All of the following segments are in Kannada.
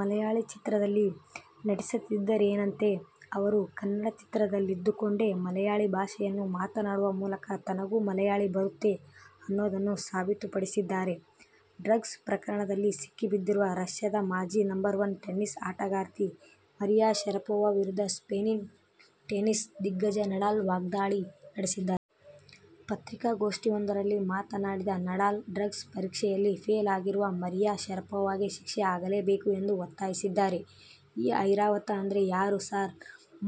ಮಲಯಾಳಿ ಚಿತ್ರದಲ್ಲಿ ನಟಿಸದಿದ್ದರೇನಂತೆ, ಅವರು ಕನ್ನಡ ಚಿತ್ರದಲ್ಲಿದ್ದುಕೊಂಡೇ ಮಲಯಾಳಿ ಭಾಷೆಯನ್ನು ಮಾತಾಡುವ ಮೂಲಕ ತನಗೂ ಮಲಯಾಳಿ ಬರುತ್ತೆ ಅನ್ನೋದನ್ನು ಸಾಬೀತುಪಡಿಸಿದ್ದಾರೆ. ಡ್ರಗ್ಸ್ ಪ್ರಕರಣದಲ್ಲಿ ಸಿಕ್ಕಿಬಿದ್ದಿರುವ ರಶ್ಯದ ಮಾಜಿ ನಂಬರ್ ಒನ್ ಟೆನಿಸ್ ಆಟಗಾರ್ತಿ ಮರಿಯಾ ಶರಪೋವಾ ವಿರುದ್ಧ ಸ್ಪೇನಿನ ಟೆನಿಸ್ ದಿಗ್ಗಜ ನಡಾಲ್ ವಾಗ್ಧಾಳಿ ನಡೆಸಿದ್ದಾರೆ. ಪತ್ರಿಕಾಗೋಷ್ಠಿಯೊಂದರಲ್ಲಿ ಮಾತನಾಡಿದ ನಡಾಲ್, ಡ್ರಗ್ಸ್ ಪರೀಕ್ಷೆಯಲ್ಲಿ ಫೇಲ್ ಆಗಿರುವ ಮರಿಯಾ ಶರಪೋವಾಗೆ ಶಿಕ್ಷೆ ಆಗಲೇಬೇಕು ಎಂದು ಒತ್ತಾಯಿಸಿದ್ದಾರೆ. ಈ ಐರಾವತ ಅಂದ್ರೆ ಯಾರು ಸಾರ್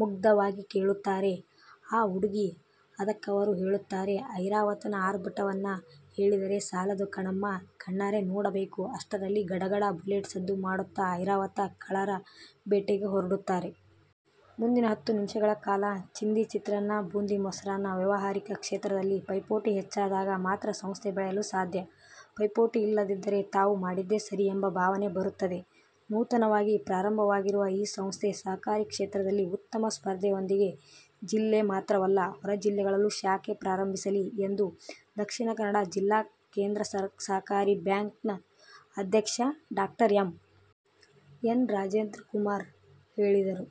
ಮುಗ್ಧವಾಗಿ ಕೇಳುತ್ತಾಳೆ ಆ ಹುಡುಗಿ. ಅದಕ್ಕವರು ಹೇಳುತ್ತಾರೆ. ಐರಾವತನ ಆರ್ಭಟವನ್ನ ಹೇಳಿದರೆ ಸಾಲದು ಕಣಮ್ಮ. ಕಣ್ಣಾರೆ ನೋಡಬೇಕು ಅಷ್ಟರಲ್ಲಿ ಗಡಗಡ ಬುಲೆಟ್ ಸದ್ದು ಮಾಡುತ್ತಾ ಐರಾವತ ಖಳರ ಬೇಟೆಗೆ ಹೊರಡುತ್ತಾನೆ. ಮುಂದಿನ ಹತ್ತು ನಿಮಿಷಗಳ ಕಾಲ ಚಿಂದಿ ಚಿತ್ರಾನ್ನ, ಬೂಂದಿ ಮೊಸರನ್ನ. ವ್ಯಾವಹಾರಿಕ ಕ್ಷೇತ್ರದಲ್ಲಿ ಪೈಪೋಟಿ ಹೆಚ್ಚಾದಾಗ ಮಾತ್ರ ಸಂಸ್ಥೆ ಬೆಳೆಯಲು ಸಾಧ್ಯ. ಪೈಪೋಟಿ ಇಲ್ಲದಿದ್ದರೆ ತಾವು ಮಾಡಿದ್ದೇ ಸರಿ ಎಂಬ ಭಾವನೆ ಬರುತ್ತದೆ. ನೂತನವಾಗಿ ಪ್ರಾರಂಭವಾಗಿರುವ ಈ ಸಂಸ್ಥೆ ಸಹಕಾರಿ ಕ್ಷೇತ್ರದಲ್ಲಿ ಉತ್ತಮ ಸ್ಪರ್ಧೆಯೊಂದಿಗೆ ಜಿಲ್ಲೆ ಮಾತ್ರವಲ್ಲ ಹೊರ ಜಿಲ್ಲೆಗಳಲ್ಲೂ ಶಾಖೆ ಪ್ರಾರಂಭಿಸಲಿ ಎಂದು ದಕ್ಷಿಣ ಕನ್ನಡ ಜಿಲ್ಲಾ ಕೇಂದ್ರ ಸಹಕಾರಿ ಬ್ಯಾಂಕ್ನ ಅಧ್ಯಕ್ಷ ಡಾ ಎಂ. ಎನ್. ರಾಜೇಂದ್ರ ಕುಮಾರ್ ಹೇಳಿದರು.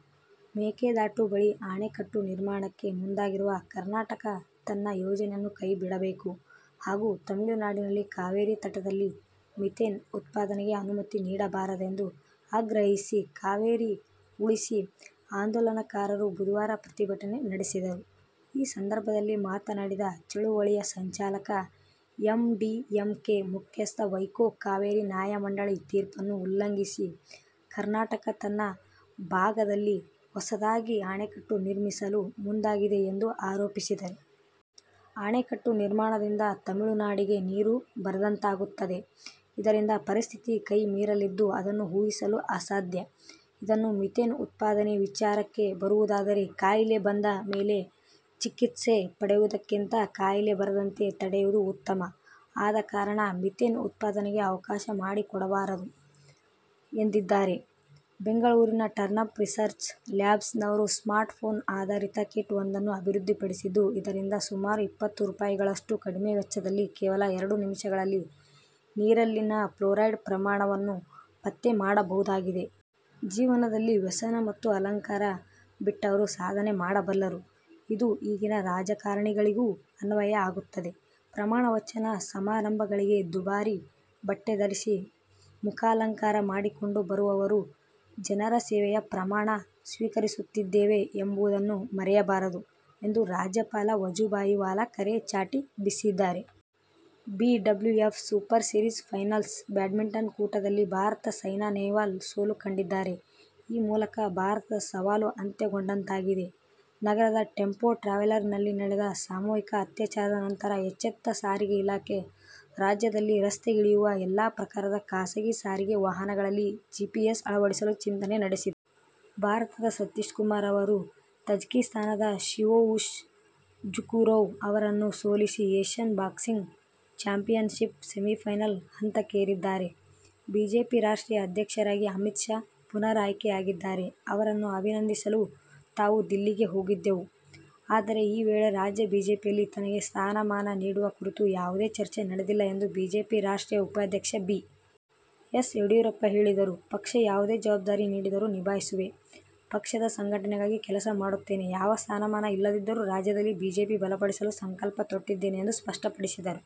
ಮೇಕೆದಾಟು ಬಳಿ ಅಣೆಕಟ್ಟು ನಿರ್ಮಾಣಕ್ಕೆ ಮುಂದಾಗಿರುವ ಕರ್ನಾಟಕ ತನ್ನ ಯೋಜನೆಯನ್ನು ಕೈ ಬಿಡಬೇಕು ಹಾಗೂ ತಮಿಳುನಾಡಿನಲ್ಲಿ ಕಾವೇರಿ ತಟದಲ್ಲಿ ಮಿಥೇನ್ ಉತ್ಪಾದನೆಗೆ ಅನುಮತಿ ನೀಡಬಾರದೆಂದು ಆಗ್ರಹಿಸಿ ಕಾವೇರಿ ಉಳಿಸಿ ಆಂದೋಲನಕಾರರು ಬುಧವಾರ ಪ್ರತಿಭಟನೆ ನಡೆಸಿದರು. ಈ ಸಂದರ್ಭದಲ್ಲಿ ಮಾತನಾಡಿದ ಚಳವಳಿಯ ಸಂಚಾಲಕ, ಎಂಡಿಎಂಕೆ ಮುಖ್ಯಸ್ಥ ವೈಕೋ, ಕಾವೇರಿ ನ್ಯಾಯಮಂಡಳಿ ತೀರ್ಪನ್ನು ಉಲ್ಲಂ ಸಿ ಕರ್ನಾಟಕ ತನ್ನ ಭಾಗದಲ್ಲಿ ಹೊಸದಾಗಿ ಅಣೆಕಟ್ಟು ನಿರ್ಮಿಸಲು ಮುಂದಾಗಿದೆ ಎಂದು ಆರೋಪಿಸಿದರು. ಅಣೆಕಟ್ಟು ನಿರ್ಮಾಣದಿಂದ ತಮಿಳುನಾಡಿಗೆ ನೀರು ಬರದಂತಾಗುತ್ತದೆ. ಇದರಿಂದ ಪರಿಸ್ಥಿತಿ ಕೈ ಮೀರಲಿದ್ದು, ಅದನ್ನು ಊಹಿಸಲು ಅಸಾಧ್ಯ. ಇದನ್ನು ಮಿಥೇನ್ ಉತ್ಪಾದನೆ ವಿಚಾರಕ್ಕೆ ಬರುವುದಾದರೆ, ಕಾಯಿಲೆ ಬಂದ ಮೇಲೆ ಚಿಕಿತ್ಸೆ ಪಡೆಯುವುದಕ್ಕಿಂತ ಕಾಯಿಲೆ ಬರದಂತೆ ತಡೆಯುವುದು ಉತ್ತಮ. ಆದಕಾರಣ ಮಿಥೇನ್ ಉತ್ಪಾದನೆಗೆ ಅವಕಾಶ ಮಾಡಿಕೊಡಬಾರದು ಎಂದಿದ್ದಾರೆ. ಬೆಂಗಳೂರಿನ ಟರ್ನಪ್ ರಿಸರ್ಚ್ ಲ್ಯಾಬ್ಸ್ ನವರು ಸ್ಮಾರ್ಟ್ ಫೋನ್ ಆಧರಿತ ಕಿಟ್ ವೊಂದನ್ನು ಅಭಿವೃದ್ಧಿಪಡಿಸಿದ್ದು, ಇದರಿಂದ ಸುಮಾರು ಇಪ್ಪತ್ತು ರೂಪಾಯಿಗಳಷ್ಟು ಕಡಿಮೆ ವೆಚ್ಚದಲ್ಲಿ, ಕೇವಲ ಎರಡು ನಿಮಿಷಗಳಲ್ಲಿ ನೀರಲ್ಲಿನ ಫ್ಲೊರೈಡ್ ಪ್ರಮಾಣವನ್ನು ಪತ್ತೆ ಮಾಡಬಹುದಾಗಿದೆ. ಜೀವನದಲ್ಲಿ ವ್ಯಸನ ಮತ್ತು ಅಲಂಕಾರ ಬಿಟ್ಟವರು ಸಾಧನೆ ಮಾಡಬಲ್ಲರು. ಇದು ಈಗಿನ ರಾಜಕಾರಣಿಗಳಿಗೂ ಅನ್ವಯ ಆಗುತ್ತದೆ. ಪ್ರಮಾಣ ವಚನ ಸಮಾರಂಭಗಳಿಗೆ ದುಬಾರಿ ಬಟ್ಟೆ ಧರಿಸಿ ಮುಖಾಲಂಕಾರ ಮಾಡಿಕೊಂಡು ಬರುವವರು ಜನರ ಸೇವೆಯ ಪ್ರಮಾಣ ಸ್ವೀಕರಿಸುತ್ತಿದ್ದೇವೆ ಎಂಬುದನ್ನು ಮರೆಯಬಾರದು ಎಂದು ರಾಜ್ಯಪಾಲ ವಜುಭಾಯಿ ವಾಲಾ ಕರೆ ಚಾಟಿ ಬೀಸಿದ್ದಾರೆ. BWF super series finals badminton ಕೂಟದಲ್ಲಿ ಭಾರತದ ಸೈನಾ ನೆಹ್ವಾಲ್ ಸೋಲು ಕಂಡಿದ್ದಾರೆ. ಈ ಮೂಲಕ ಭಾರತದ ಸವಾಲು ಅಂತ್ಯಗೊಂಡಂತಾಗಿದೆ. ನಗರದ ಟೆಂಪೋ ಟ್ರಾವೆಲರ್ ನಲ್ಲಿ ನಡೆದ ಸಾಮೂಹಿಕ ಅತ್ಯಾಚಾರದ ನಂತರ ಎಚ್ಚೆತ್ತ ಸಾರಿಗೆ ಇಲಾಖೆ, ರಾಜ್ಯದಲ್ಲಿ ರಸ್ತೆಗಿಳಿಯುವ ಎಲ್ಲ ಪ್ರಕಾರದ ಖಾಸಗಿ ಸಾರಿಗೆ ವಾಹನಗಳಲ್ಲಿ ಜಿಪಿಎಸ್ ಅಳವಡಿಸಲು ಚಿಂತನೆ ನಡೆಸಿದೆ. ಭಾರತದ ಸತೀಶ್ ಕುಮಾರ್ ಅವರು ತಜಿಕಿಸ್ಥಾನದ ಸಿಯೊವುಶ್ ಜುಖುರೋವ್ ಅವರನ್ನು ಸೋಲಿಸಿ ಏಶ್ಯನ್ ಬಾಕ್ಸಿಂಗ್ ಚಾಂಪಿಯನ್ಶಿಪ್ನ ಸೆಮಿಫೈನಲ್ ಹಂತಕ್ಕೇರಿದ್ದಾರೆ. ಬಿಜೆಪಿ ರಾಷ್ಟ್ರೀಯ ಅಧ್ಯಕ್ಷರಾಗಿ ಅಮಿತ್ ಶಾ ಪುನರಾಯ್ಕೆಯಾಗಿದ್ದಾರೆ. ಅವರನ್ನು ಅಭಿನಂದಿಸಲು ತಾವೂ ದಿಲ್ಲಿಗೆ ಹೋಗಿದ್ದೆವು. ಆದರೆ ಈ ವೇಳೆ ರಾಜ್ಯ ಬಿಜೆಪಿಯಲ್ಲಿ ತನಗೆ ಸ್ಥಾನ ಮಾನ ನೀಡುವ ಕುರಿತು ಯಾವುದೇ ಚರ್ಚೆ ನಡೆದಿಲ್ಲ ಎಂದು ಬಿಜೆಪಿ ರಾಷ್ಟ್ರೀಯ ಉಪಾಧ್ಯಕ್ಷ ಬಿ. ಎಸ್. ಯಡಿಯೂರಪ್ಪ ಹೇಳಿದರು. ಪಕ್ಷ ಯಾವುದೇ ಜವಾಬ್ದಾರಿ ನೀಡಿದರೂ ನಿಭಾಯಿಸುವೆ. ಪಕ್ಷದ ಸಂಘಟನೆಗಾಗಿ ಕೆಲಸ ಮಾಡುತ್ತೇನೆ. ಯಾವ ಸ್ಥಾನಮಾನ ಇಲ್ಲದಿದ್ದರೂ ರಾಜ್ಯದಲ್ಲಿ ಬಿಜೆಪಿ ಬಲಪಡಿಸಲು ಸಂಕಲ್ಪ ತೊಟ್ಟಿದ್ದೇನೆ ಎಂದು ಸ್ಪಷ್ಟಪಡಿಸಿದರು.